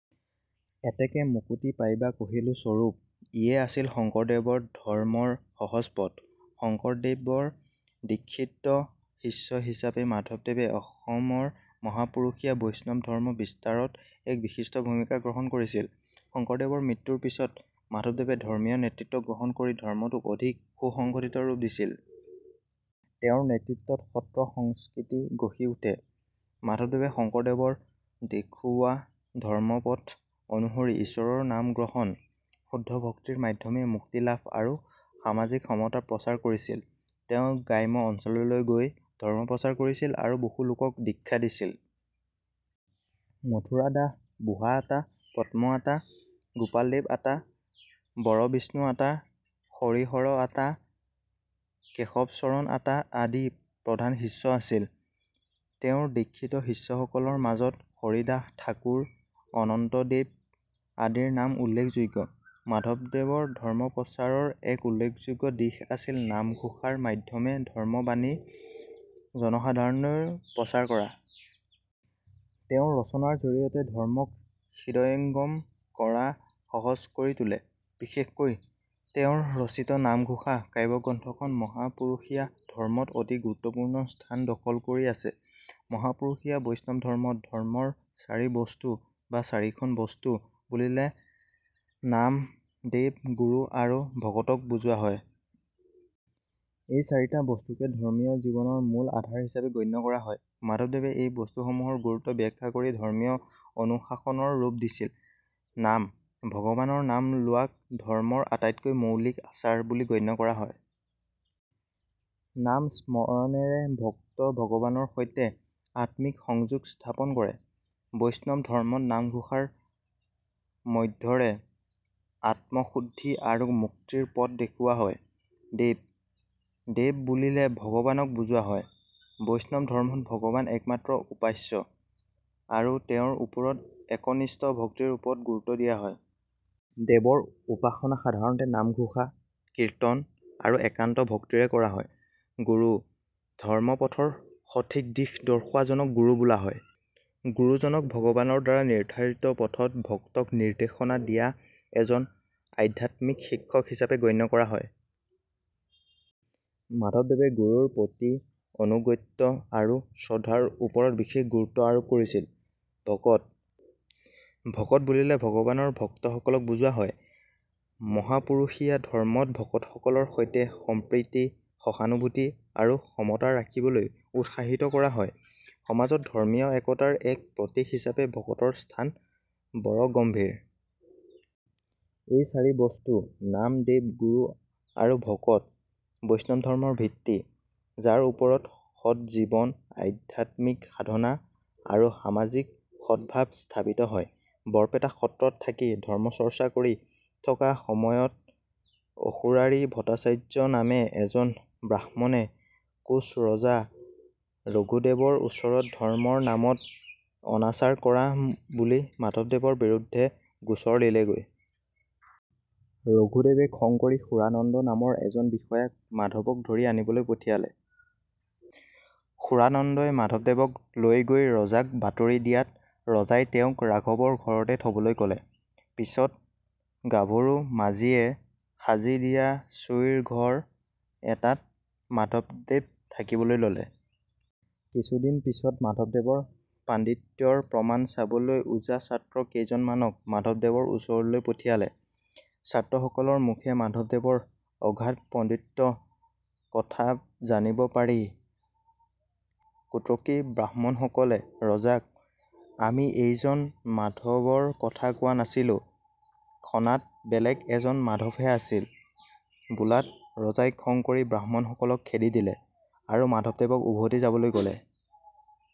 এতেকে মুকুতি পাইবা কহিলো স্বৰূপ।। '' ইয়ে আছিল শংকৰদেৱৰ ধৰ্মৰ সহজ পথ। শংকৰদেৱ ৰ দীক্ষিত শিষ্য হিচাপে মাধৱদেৱে অসমৰ মহাপুৰুষীয়া বৈষ্ণৱ ধৰ্ম বিস্তাৰত এক বিশিষ্ট ভূমিকা গ্ৰহণ কৰিছিল। শংকৰদেৱৰ মৃত্যুৰ পিছত মাধৱদেৱে ধৰ্মীয় নেতৃত্ব গ্ৰহণ কৰি ধৰ্মটোক অধিক সুসংগঠিত ৰূপ দিছিল। তেওঁৰ নেতৃত্বত সত্ৰ সংস্কৃতি গঢ়ি উঠে। মাধৱদেৱে শংকৰদেৱৰ দেখুৱোৱা ধৰ্মপথ অনুসৰি ঈশ্বৰৰ নাম গ্ৰহণ, শুদ্ধ ভক্তিৰ মাধ্যমে মুক্তিলাভ আৰু সামাজিক সমতা প্ৰচাৰ কৰিছিল। তেওঁ গ্ৰাম্য অঞ্চললৈ গৈ ধৰ্ম প্ৰচাৰ কৰিছিল আৰু বহু লোকক দীক্ষা দিছিল। মথুৰা দাস বুঢ়া আতা, পদ্ম আতা ,গোপালদেৱ আতা, বৰবিষ্ণু আতা, হৰিহৰ আতা, কেশৱচৰণ আতা আদি প্ৰধান শিষ্য আছিল। তেওঁৰ দীক্ষিত শিষ্যসকলৰ মাজত হৰিদাস ঠাকুৰ, অনন্ত দেৱ আদিৰ নাম উল্লেখযোগ্য। মাধৱদেৱৰ ধৰ্ম প্ৰচাৰৰ এক উল্লেখযোগ্য দিশ আছিল নামঘোষাৰ মাধ্যমে ধৰ্মৰ বাণী জনসাধাৰণলৈ প্ৰচাৰ কৰা। তেওঁ ৰচনাৰ জৰিয়তে ধৰ্মক হৃদয়ঙ্গম কৰা সহজ কৰি তোলে। বিশেষকৈ তেওঁৰ ৰচিত নামঘোষা কাব্যগ্ৰন্থখন মহাপুৰুষীয়া ধৰ্মত অতি গুৰুত্বপূৰ্ণ স্থান দখল কৰি আছে। মহাপুৰুষীয়া বৈষ্ণৱ ধৰ্মত "ধৰ্মৰ চাৰি বস্তু" বা "চাৰিখন বস্তু" বুলিলে নাম, দেৱ, গুৰু আৰু ভকতক বুজোৱা হয়। এই চাৰিটা বস্তুকে ধৰ্মীয় জীৱনৰ মূল আধাৰ হিচাপে গণ্য কৰা হয়। মাধৱদেৱে এই বস্তুসমূহৰ গুৰুত্ব ব্যাখ্যা কৰি ধৰ্মীয় অনুশাসনৰ ৰূপ দিছিল। নাম: ভগৱানৰ নাম লোৱাক ধৰ্মৰ আটাইতকৈ মৌলিক আচাৰ বুলি গণ্য কৰা হয়। নাম-স্মৰণেৰে ভক্ত ভগৱানৰ সৈতে আত্মিক সংযোগ স্থাপন কৰে। বৈষ্ণৱ ধৰ্মত নাম-ঘোষাৰ মাধ্যৰে আত্মশুদ্ধি আৰু মুক্তিৰ পথ দেখুওৱা হয়। দেৱ: দেৱ বুলিলে ভগৱানক বুজোৱা হয়। বৈষ্ণৱ ধৰ্মত ভগৱান একমাত্ৰ উপাস্য, আৰু তেওঁৰ ওপৰত একনিষ্ঠ ভক্তিৰ ওপৰত গুৰুত্ব দিয়া হয়। দেৱৰ উপাসনা সাধাৰণতে নামঘোষা, কীৰ্তন, আৰু একান্ত ভক্তিৰে কৰা হয়। গুৰু: ধৰ্মপথৰ সঠিক দিশ দৰ্শোৱা জনক গুৰু বোলা হয়। গুৰুজনক ভগৱানৰ দ্বাৰা নিৰ্ধাৰিত পথত ভক্তক নিৰ্দেশনা দিয়া এজন আধ্যাত্মিক শিক্ষক হিচাপে গণ্য কৰা হয়। মাধৱদেৱে গুৰুৰ প্ৰতি আনুগত্য আৰু শ্ৰদ্ধাৰ ওপৰত বিশেষ গুৰুত্ব আৰোপ কৰিছিল। ভকত: ভকত বুলিলে ভগৱানৰ ভক্তসকলক বুজোৱা হয়। মহাপুৰুষীয়া ধৰ্মত ভকতসকলৰ সৈতে সম্প্ৰীতি, সহানুভূতি আৰু সমতা ৰাখিবলৈ উৎসাহিত কৰা হয়। সমাজত ধৰ্মীয় একতাৰ এক প্ৰতীক হিচাপে ভকতৰ স্থান বৰগম্ভীৰ। এই চাৰি বস্তু — নাম, দেৱ, গুৰু আৰু ভকত — বৈষ্ণৱ ধৰ্মৰ ভিত্তি, যাৰ ওপৰত সৎ জীৱন, আধ্যাত্মিক সাধনা আৰু সামাজিক সদভাৱ স্থাপিত হয়। বৰপেটা সত্ৰত থাকি ধৰ্মচৰ্চা কৰি থকা সময়ত অসুৰাৰি ভট্টাচাৰ্য নামে এজন ব্ৰাহ্মণে কোচ ৰজা ৰঘুদেৱৰ ওচৰত ধৰ্মৰ নামত অনাচাৰ কৰা বুলি মাধৱদেৱৰ বিৰুদ্ধে গোচৰ দিলেগৈ। ৰঘুদেৱে খং কৰি সুৰানন্দ নামৰ এজন বিষয়াক মাধৱক ধৰি আনিবলৈ পঠিয়ালে। সুৰানন্দই মাধৱদেৱক লৈ গৈ ৰজাক বাতৰি দিয়াত ৰজাই তেওঁক ৰাঘৱৰ ঘৰতে থ'বলৈ ক'লে। পিছত গাভৰু মাঝিয়ে সাজি দিয়া চৈৰ ঘৰ এটাত মাধৱদেৱ থাকিবলৈ ল'লে। কিছুদিন পিছত মাধৱদেৱৰ পাণ্ডিত্যৰ প্ৰমাণ চাবলৈ ওজা ছাত্ৰ কেইজনমানক মাধৱদেৱৰ ওচৰলৈ পঠিয়ালে। ছাত্ৰসকলৰ মুখে মাধৱদেৱৰ অগাধ পাণ্ডিত্য কথা জানিব পাৰি কুতৰ্কী ব্ৰাহ্মণসকলে ৰজাক "আমি এইজন মাধৱৰ কথা কোৱা নাছিলোঁ, খনাত বেলেগ এজন মাধৱহে আছিল'' বোলাত ৰজাই খং কৰি ব্ৰাহ্মণসকলক খেদি দিলে আৰু মাধৱদেৱক উভতি যাবলৈ ক'লে।